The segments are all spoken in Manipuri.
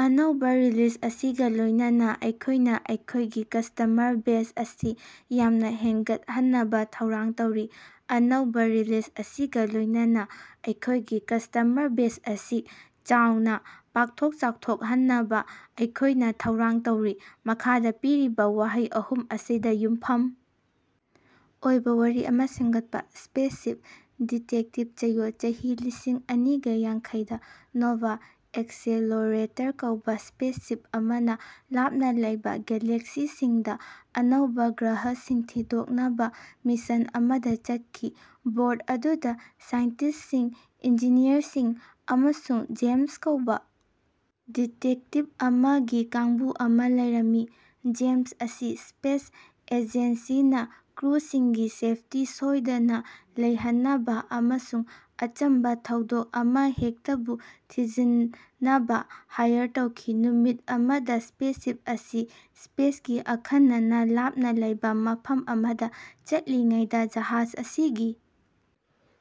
ꯑꯅꯧꯕ ꯔꯤꯂꯤꯖ ꯑꯁꯤꯒ ꯂꯣꯏꯅꯅ ꯑꯩꯈꯣꯏꯅ ꯑꯩꯈꯣꯏꯒꯤ ꯀꯁꯇꯃꯔ ꯕꯦꯖ ꯑꯁꯤ ꯌꯥꯝꯅ ꯍꯦꯟꯒꯠꯍꯟꯅꯕ ꯊꯧꯔꯥꯡ ꯇꯧꯔꯤ꯫ ꯑꯅꯧꯕ ꯔꯤꯂꯤꯖ ꯑꯁꯤꯒ ꯂꯣꯏꯅꯅ ꯑꯩꯈꯣꯏꯒꯤ ꯀꯁꯇꯃꯔ ꯕꯦꯖ ꯑꯁꯤ ꯆꯥꯎꯅ ꯄꯥꯛꯊꯣꯛ ꯆꯥꯎꯊꯣꯛꯍꯟꯅꯕ ꯑꯩꯈꯣꯏꯅ ꯊꯧꯔꯥꯡ ꯇꯧꯔꯤ꯫ ꯃꯈꯥꯗ ꯄꯤꯔꯤꯕ ꯋꯥꯍꯩ ꯑꯍꯨꯝ ꯑꯁꯤꯗ ꯌꯨꯝꯐꯝ ꯑꯣꯏꯕ ꯋꯥꯔꯤ ꯑꯃ ꯁꯦꯝꯒꯠꯄ: ꯁ꯭ꯄꯦꯁꯁꯤꯞ, ꯗꯤꯇꯦꯛꯇꯤꯚ, ꯆꯌꯣꯜ꯫ ꯆꯍꯤ ꯂꯤꯁꯤꯡ ꯑꯅꯤꯒ ꯌꯥꯡꯈꯩ ꯗ ꯅꯣꯚꯥ ꯑꯦꯛꯁꯦꯂꯣꯔꯦꯇꯔ ꯀꯧꯕ ꯁ꯭ꯄꯦꯁꯁꯤꯞ ꯑꯃꯅ ꯂꯥꯞꯅ ꯂꯩꯕ ꯒꯦꯂꯦꯛꯁꯤꯁꯤꯡꯗ ꯑꯅꯧꯕ ꯒ꯭ꯔꯍꯁꯤꯡ ꯊꯤꯗꯣꯛꯅꯕ ꯃꯤꯁꯟ ꯑꯃꯗ ꯆꯠꯈꯤ꯫ ꯕꯣꯔꯗ ꯑꯗꯨꯗ ꯁꯥꯏꯟꯇꯤꯁꯇꯁꯤꯡ, ꯏꯟꯖꯤꯅꯤꯌꯔꯁꯤꯡ ꯑꯃꯁꯨꯡ ꯖꯦꯝꯁ ꯀꯧꯕ ꯗꯤꯇꯦꯛꯇꯤꯚ ꯑꯃꯒꯤ ꯀꯥꯡꯕꯨ ꯑꯃ ꯂꯩꯔꯝꯃꯤ꯫ ꯖꯦꯝꯁ ꯑꯁꯤ ꯁ꯭ꯄꯦꯁ ꯑꯦꯖꯦꯟꯁꯤꯅ ꯀ꯭ꯔꯨꯁꯤꯡꯒꯤ ꯁꯦꯐꯇꯤ ꯁꯣꯏꯗꯅ ꯂꯩꯍꯟꯅꯕ ꯑꯃꯁꯨꯡ ꯑꯆꯝꯕ ꯊꯧꯗꯣꯛ ꯑꯃꯍꯦꯛꯇꯕꯨ ꯊꯤꯖꯤꯟꯅꯕ ꯍꯥꯏꯔ ꯇꯧꯈꯤ꯫ ꯅꯨꯃꯤꯠ ꯑꯃꯗ ꯁ꯭ꯄꯦꯁꯁꯤꯞ ꯑꯁꯤ ꯁ꯭ꯄꯦꯁꯀꯤ ꯑꯈꯟꯅꯅ ꯂꯥꯞꯅ ꯂꯩꯕ ꯃꯐꯝ ꯑꯃꯗ ꯆꯠꯂꯤꯉꯩꯗ ꯖꯍꯥꯖ ꯑꯁꯤꯒꯤ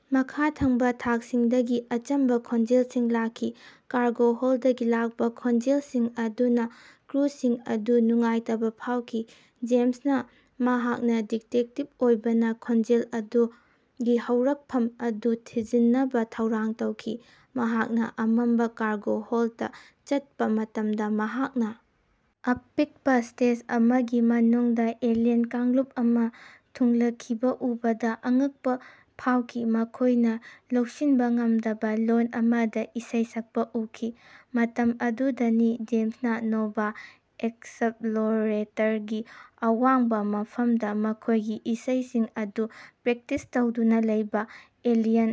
ꯃꯈꯥ ꯊꯪꯕ ꯊꯥꯛꯁꯤꯡꯗꯒꯤ ꯑꯆꯝꯕ ꯈꯣꯟꯖꯦꯜꯁꯤꯡ ꯂꯥꯛꯈꯤ꯫ ꯀꯥꯔꯒꯣ ꯍꯣꯜꯗꯇꯒꯤ ꯂꯥꯛꯄ ꯈꯣꯟꯖꯦꯜꯁꯤꯡ ꯑꯗꯨꯅ ꯀ꯭ꯔꯨꯁꯤꯡ ꯑꯗꯨ ꯅꯨꯡꯉꯥꯏꯇꯕ ꯐꯥꯎꯈꯤ꯫ ꯖꯦꯝꯁꯅ ꯃꯍꯥꯛꯅ ꯗꯤꯇꯦꯛꯇꯤꯚ ꯑꯣꯏꯕꯅ ꯈꯣꯟꯖꯦꯜ ꯑꯗꯨꯒꯤ ꯍꯧꯔꯛꯐꯝ ꯑꯗꯨ ꯊꯤꯖꯤꯟꯅꯕ ꯊꯧꯔꯥꯡ ꯇꯧꯈꯤ꯫ ꯃꯍꯥꯛꯅ ꯑꯃꯝꯕ ꯀꯥꯔꯒꯣ ꯍꯣꯜꯗꯇ ꯆꯠꯄ ꯃꯇꯝꯗ, ꯃꯍꯥꯛꯅ ꯑꯄꯤꯛꯄ ꯁ꯭ꯇꯦꯖ ꯑꯃꯒꯤ ꯃꯅꯨꯡꯗ ꯑꯦꯂꯤꯌꯟ ꯀꯥꯡꯂꯨꯞ ꯑꯃ ꯊꯨꯡꯂꯈꯤꯕ ꯎꯕꯗ ꯑꯉꯛꯄ ꯐꯥꯎꯈꯤ꯫ ꯃꯈꯣꯏꯅ ꯂꯧꯁꯤꯟꯕ ꯉꯝꯗꯕ ꯂꯣꯟ ꯑꯃꯗ ꯏꯁꯩ ꯁꯛꯄ ꯎꯈꯤ꯫ ꯃꯇꯝ ꯑꯗꯨꯗꯅꯤ ꯖꯦꯝꯁꯅ ꯅꯣꯚꯥ ꯑꯦꯛꯁꯞꯂꯣꯔꯦꯇꯔꯒꯤ ꯑꯋꯥꯡꯕ ꯃꯐꯝꯗ ꯃꯈꯣꯏꯒꯤ ꯏꯁꯩꯁꯤꯡ ꯑꯗꯨ ꯄ꯭ꯔꯦꯛꯇꯤꯁ ꯇꯧꯗꯨꯅ ꯂꯩꯕ ꯑꯦꯂꯤꯌꯟ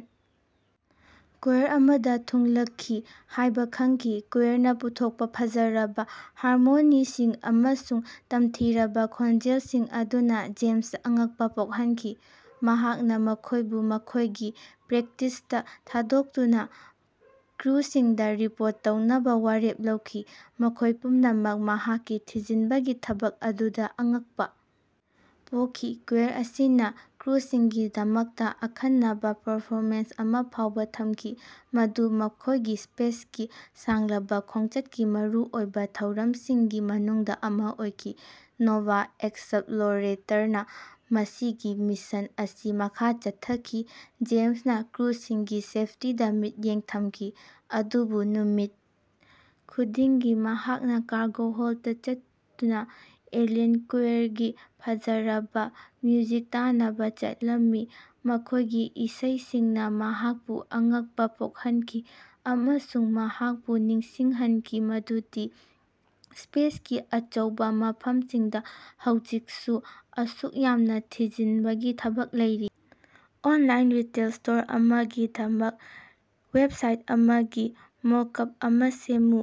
ꯀꯣꯌꯔ ꯑꯃꯗ ꯊꯨꯡꯂꯈꯤ ꯍꯥꯏꯕ ꯈꯪꯈꯤ꯫ ꯀꯣꯌꯔꯅ ꯄꯨꯊꯣꯛꯄ ꯐꯖꯔꯕ ꯍꯥꯔꯃꯣꯅꯤꯁꯤꯡ ꯑꯃꯁꯨꯡ ꯇꯝꯊꯤꯔꯕ ꯈꯣꯟꯖꯦꯜꯁꯤꯡ ꯑꯗꯨꯅ ꯖꯦꯝꯁꯇ ꯑꯉꯛꯄ ꯄꯣꯛꯍꯟꯈꯤ꯫ ꯃꯍꯥꯛꯅ ꯃꯈꯣꯏꯕꯨ ꯃꯈꯣꯏꯒꯤ ꯄ꯭ꯔꯦꯛꯇꯤꯁꯇ ꯊꯥꯗꯣꯛꯇꯨꯅ ꯀ꯭ꯔꯨꯁꯤꯡꯗ ꯔꯤꯄꯣꯔꯠ ꯇꯧꯅꯕ ꯋꯥꯔꯦꯞ ꯂꯧꯈꯤ, ꯃꯈꯣꯏ ꯄꯨꯝꯅꯃꯛ ꯃꯍꯥꯛꯀꯤ ꯊꯤꯖꯤꯟꯕꯒꯤ ꯊꯕꯛ ꯑꯗꯨꯗ ꯑꯉꯛꯄ ꯄꯣꯛꯈꯤ꯫ ꯀꯣꯌꯔ ꯑꯁꯤꯅ ꯀ꯭ꯔꯨꯁꯤꯡꯒꯤꯗꯃꯛꯇ ꯑꯈꯟꯅꯕ ꯄꯔꯐꯣꯃꯦꯟꯁ ꯑꯃ ꯐꯥꯎꯕ ꯊꯝꯈꯤ, ꯃꯗꯨ ꯃꯈꯣꯏꯒꯤ ꯁ꯭ꯄꯦꯁꯀꯤ ꯁꯥꯡꯂꯕ ꯈꯣꯡꯆꯠꯀꯤ ꯃꯔꯨꯑꯣꯏꯕ ꯊꯧꯔꯝꯁꯤꯡꯒꯤ ꯃꯅꯨꯡꯗ ꯑꯃ ꯑꯣꯏꯈꯤ꯫ ꯅꯣꯚꯥ ꯑꯦꯛꯁꯞꯂꯣꯔꯦꯇꯔꯅ ꯃꯁꯤꯒꯤ ꯃꯤꯁꯟ ꯑꯁꯤ ꯃꯈꯥ ꯆꯠꯊꯈꯤ, ꯖꯦꯝꯁꯅ ꯀ꯭ꯔꯨꯁꯤꯡꯒꯤ ꯁꯦꯐꯇꯤꯗ ꯃꯤꯠꯌꯦꯡ ꯊꯝꯈꯤ꯫ ꯑꯗꯨꯕꯨ ꯅꯨꯃꯤꯠ ꯈꯨꯗꯤꯡꯒꯤ ꯃꯍꯥꯛꯅ ꯀꯥꯔꯒꯣ ꯍꯣꯜꯗꯇ ꯆꯠꯇꯨꯅ ꯑꯦꯂꯤꯌꯟ ꯀꯣꯌꯔꯒꯤ ꯐꯖꯔꯕ ꯃ꯭ꯌꯨꯖꯤꯛ ꯇꯥꯅꯕ ꯆꯠꯂꯝꯃꯤ꯫ ꯃꯈꯣꯏꯒꯤ ꯏꯁꯩꯁꯤꯡꯅ ꯃꯍꯥꯛꯄꯨ ꯑꯉꯛꯄ ꯄꯣꯛꯍꯟꯈꯤ ꯑꯃꯁꯨꯡ ꯃꯍꯥꯛꯄꯨ ꯅꯤꯡꯁꯤꯡꯍꯟꯈꯤ ꯃꯗꯨꯗꯤ ꯁ꯭ꯄꯦꯁꯀꯤ ꯑꯆꯧꯕ ꯃꯐꯝꯁꯤꯡꯗ ꯍꯧꯖꯤꯛꯁꯨ ꯑꯁꯨꯛ ꯌꯥꯝꯅ ꯊꯤꯖꯤꯟꯕꯒꯤ ꯊꯕꯛ ꯂꯩꯔꯤ꯫ ꯑꯣꯟꯂꯥꯏꯟ ꯔꯤꯇꯦꯜ ꯁ꯭ꯇꯣꯔ ꯑꯃꯒꯤꯗꯃꯛ ꯋꯦꯕꯁꯥꯏꯠ ꯑꯃꯒꯤ ꯃꯣꯀꯞ ꯑꯃ ꯁꯦꯝꯃꯨ꯫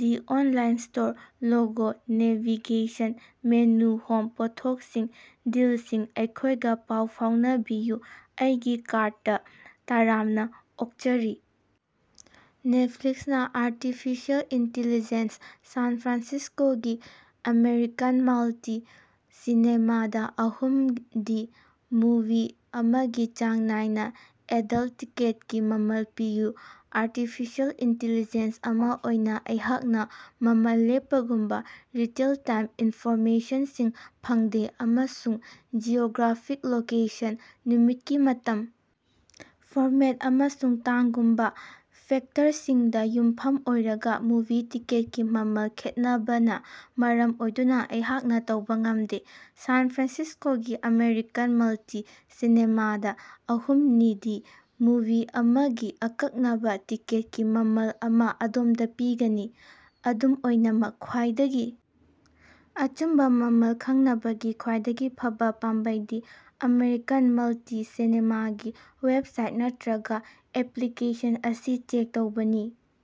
The online store logo navigation menu home ꯄꯣꯠꯊꯣꯛꯁꯤꯡ ꯗꯤꯜꯁꯤꯡ ꯑꯩꯈꯣꯏꯒ ꯄꯥꯎ ꯐꯥꯎꯅꯕꯤꯌꯨ ꯑꯩꯒꯤ ꯀꯥꯔꯠ ꯗ ꯇꯔꯥꯝꯅ ꯑꯣꯛꯆꯔꯤ! ꯅꯦꯇꯐ꯭ꯂꯤꯛꯁꯅ ꯑꯥꯔꯇꯤꯐꯤꯁ꯭ꯌꯜ ꯏꯟꯇꯦꯂꯤꯖꯦꯟꯁ ꯁꯥꯟ ꯐ꯭ꯔꯥꯟꯁꯤꯁ꯭ꯀꯣꯒꯤ ꯑꯃꯦꯔꯤꯀꯥꯟ ꯃꯜꯇꯤ- ꯁꯤꯅꯦꯃꯥ ꯗ ꯑꯍꯨꯝꯗꯤ ꯃꯨꯚꯤ ꯑꯃꯒꯤ ꯆꯥꯡ ꯅꯥꯏꯅ ꯑꯦꯗꯜꯇ ꯇꯤꯀꯦꯠꯀꯤ ꯃꯃꯜ ꯄꯤꯌꯨ꯫ ꯑꯥꯔꯇꯤꯐꯤꯁ꯭ꯌꯜ ꯏꯟꯇꯦꯂꯤꯖꯦꯟꯁ ꯑꯃ ꯑꯣꯏꯅ ꯑꯩꯍꯥꯛꯅ ꯃꯃꯜ ꯂꯦꯞꯄꯒꯨꯝꯕ ꯔꯤꯇꯦꯜ-ꯇꯥꯏꯝ ꯏꯟꯐꯣꯔꯃꯦꯁꯟꯁꯤꯡ ꯐꯪꯗꯦ ꯑꯃꯁꯨꯡ ꯖꯤꯑꯣꯒ꯭ꯔꯥꯐꯤꯛ ꯂꯣꯀꯦꯁꯟ, ꯅꯨꯃꯤꯠꯀꯤ ꯃꯇꯝ, ꯐꯣꯔꯃꯦꯠ, ꯑꯃꯁꯨꯡ ꯇꯥꯡꯒꯨꯝꯕ ꯐꯦꯛꯇꯔꯁꯤꯡꯗ ꯌꯨꯝꯐꯝ ꯑꯣꯏꯔꯒ ꯃꯨꯚꯤ ꯇꯤꯀꯦꯠꯀꯤ ꯃꯃꯜ ꯈꯦꯠꯅꯕꯅ ꯃꯔꯝ ꯑꯣꯏꯗꯨꯅ ꯑꯩꯍꯥꯛꯅ ꯇꯧꯕ ꯉꯝꯗꯦ꯫ ꯁꯥꯟ ꯐ꯭ꯔꯥꯟꯁꯤꯁ꯭ꯀꯣꯒꯤ ꯑꯃꯦꯔꯤꯀꯥꯟ ꯃꯜꯇꯤ- ꯁꯤꯅꯦꯃꯥ ꯗ ꯑꯍꯨꯝꯗꯤ ꯃꯨꯚꯤ ꯑꯃꯒꯤ ꯑꯀꯛꯅꯕ ꯇꯤꯀꯦꯠꯀꯤ ꯃꯃꯜ ꯑꯃ ꯑꯗꯣꯝꯗ ꯄꯤꯒꯅꯤ꯫ ꯑꯗꯨꯝ ꯑꯣꯏꯅꯃꯛ ꯈ꯭ꯋꯥꯏꯗꯒꯤ ꯑꯆꯨꯝꯕ ꯃꯃꯜ ꯈꯪꯅꯕꯒꯤ ꯈ꯭ꯋꯥꯏꯗꯒꯤ ꯐꯕ ꯄꯥꯝꯕꯩꯗꯤ ꯑꯃꯦꯔꯤꯀꯥꯟ ꯃꯜꯇꯤ- ꯁꯤꯅꯦꯃꯥꯒꯤ ꯋꯦꯕꯁꯥꯏꯠ ꯅꯠꯇ꯭ꯔꯒ ꯑꯦꯄ꯭ꯂꯤꯀꯦꯁꯟ ꯑꯁꯤ ꯆꯦꯛ ꯇꯧꯕꯅꯤ꯫